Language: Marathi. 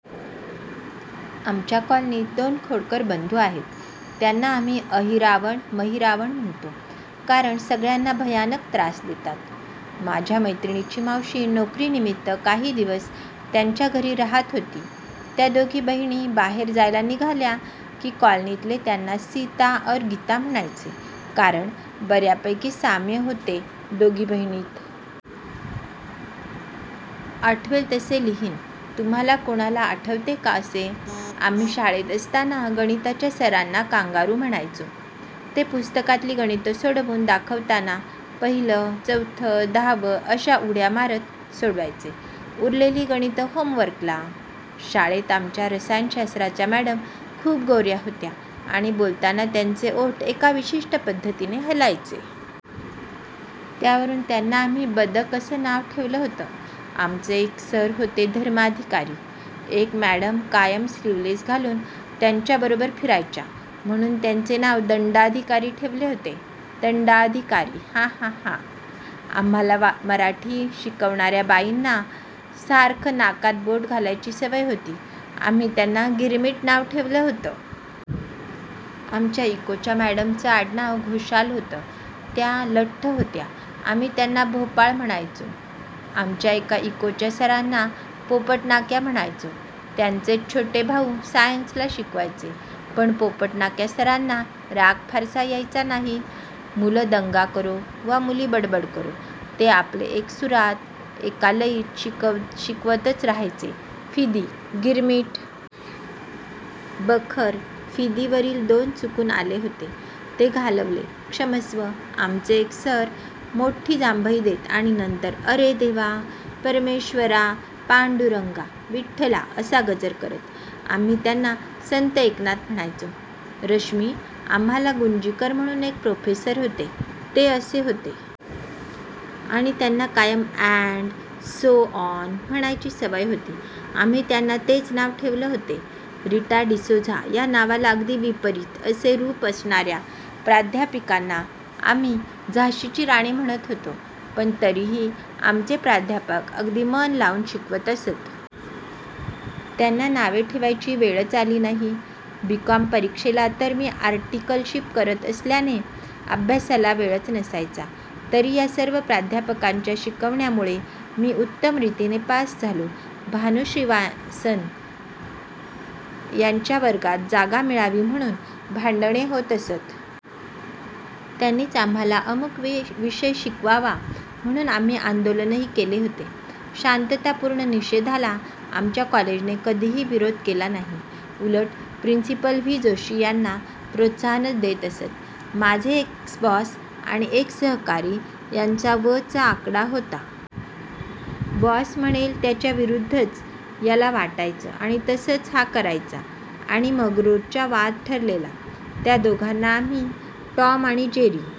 आमच्या कॉलनीत दोन खोडकर बन्धू आहेत. त्याना आम्ही अहीरावण-महीरावण म्हणतो. कारण सगळ्याना भयानक त्रास देतात. माझ्या मैत्रिणीची मावशी नोकरीनिमीत्त काही दिवस त्यान्च्या घरी रहात होती. त्या दोघी बहिणी बाहेर जायला निघाल्या की कॉलनीतले त्याना सीता और गीता म्हणायचे कारण बर्यापैकी साम्य होते दोघी बहिणीत. आठवेल तसे लिहीन, तुम्हाला कोणाला आठवते का असे? आम्ही शाळेत असताना गणिताच्या सरांना कांगारु म्हणायचो. ते पुस्तकातली गणित सोडवुन दाखवताना पहील्, चौथ, दहाव अश्या उड्या मारत सोडवायचे. उरलेली गणित होमवर्कला.. शाळेत आमच्या रसायनशास्त्राच्या मॅडम खूप गोर्या होत्या आणि बोलताना त्यांचे ओठ एका विशिष्ठ पद्धतीने हलायचे. त्यावरुन त्यांना आम्ही "बदक" असं नाव ठेवलं होतं. आमचे एक सर होते धर्माधिकारी. एक म्याडम कायम स्लीवलेस घालुन त्यांच्याबरोबर फिरायच्या. म्हणुन त्यांचे नाव दंडाधिकारी ठेवले होते. दन्डाधिकारी.:हाहा:आम्हाला मराठी शिकवणार्या बाईंना सारखं नाकात बोट घालायची सवय होती आम्ही त्यांना 'गिरमिट' नाव ठेवलं होत. आमच्या इकोच्या मॅडमचं आडनाव घोषाल होतं आणि त्या लठ्ठ होत्या आम्ही त्यांना भोपाळ म्हणायचो. आमच्या एका इकोच्या सराना पोपटनाक्या म्हणायचे, त्यान्चेच छोटे भाऊ सायन्सला शिकवायचे. पण पोपटनाक्या सराना राग फारसा यायचा नाही. मुल दन्गा करो, वा मुली बडबड करो, ते आपले एक सुरात, एका लयीत शिकवतच रहायचे.:फिदी:गिरमीट, बखर.:फिदी:वरील दोन चुकून आले होते.. ते घालवले.. क्षमस्व.. आमचे एक सर मोठ्ठी जांभई देत आणि नंतर "अरे देवा, परमेश्वरा, पांडुरंगा, विठठला" असा गजर करत. आम्ही त्यांना संत एकनाथ म्हणायचो. रश्मी, आम्हाला गुंजीकर म्हणून एक प्रोफेसर होते, ते असे होते. आणि त्यांना कायम अॅंड सो ऑन, म्हणायची सवय होती.. आम्ही त्यांना तेच नाव ठेवले होते. रिटा डिसोझा या नावाला अगदी विपरीत असे रुप असणार्या प्राध्यापिकांना आम्ही झाशीची राणी म्हणत होतो. पण तरीही आमचे प्राध्यापक अगदी मन लावून शिकवत असत. त्यांना नावे ठेवायची वेळच आली नाही. बी कॉम परीक्षेला तर मी आर्टिकलशिप करत असल्याने, अभ्यासाला वेळच नसायचा. तरी या सर्व प्राध्यापकांच्या शिकवण्यामूळे मी उत्तम रितीने पास झालो. भानू श्रीनिवासन यांच्या वर्गात जागा मि़ळावी म्हणून भांडणे होत असत. त्यांनीच आम्हाला अमूक विषय शिकवावा म्हणून आम्ही आंदोलनही केले होते. शांततापूर्ण निषेधाला आमच्या कॉलेजने कधीही विरोध केला नाही. उलट प्रिन्सिपल व्ही. जोशी याला प्रोत्साहनच देत असत. माझे एक्स बॉस आणि एक सहकारी यांचा व चा आकडा होता. बॉस म्हणेल त्याच्या विरुद्धच याला वाटायचं आणि तसंच हा करायचा आणि मग रोजचा वाद ठरलेला. त्या दोघांना आम्ही टॉम आणि जेरी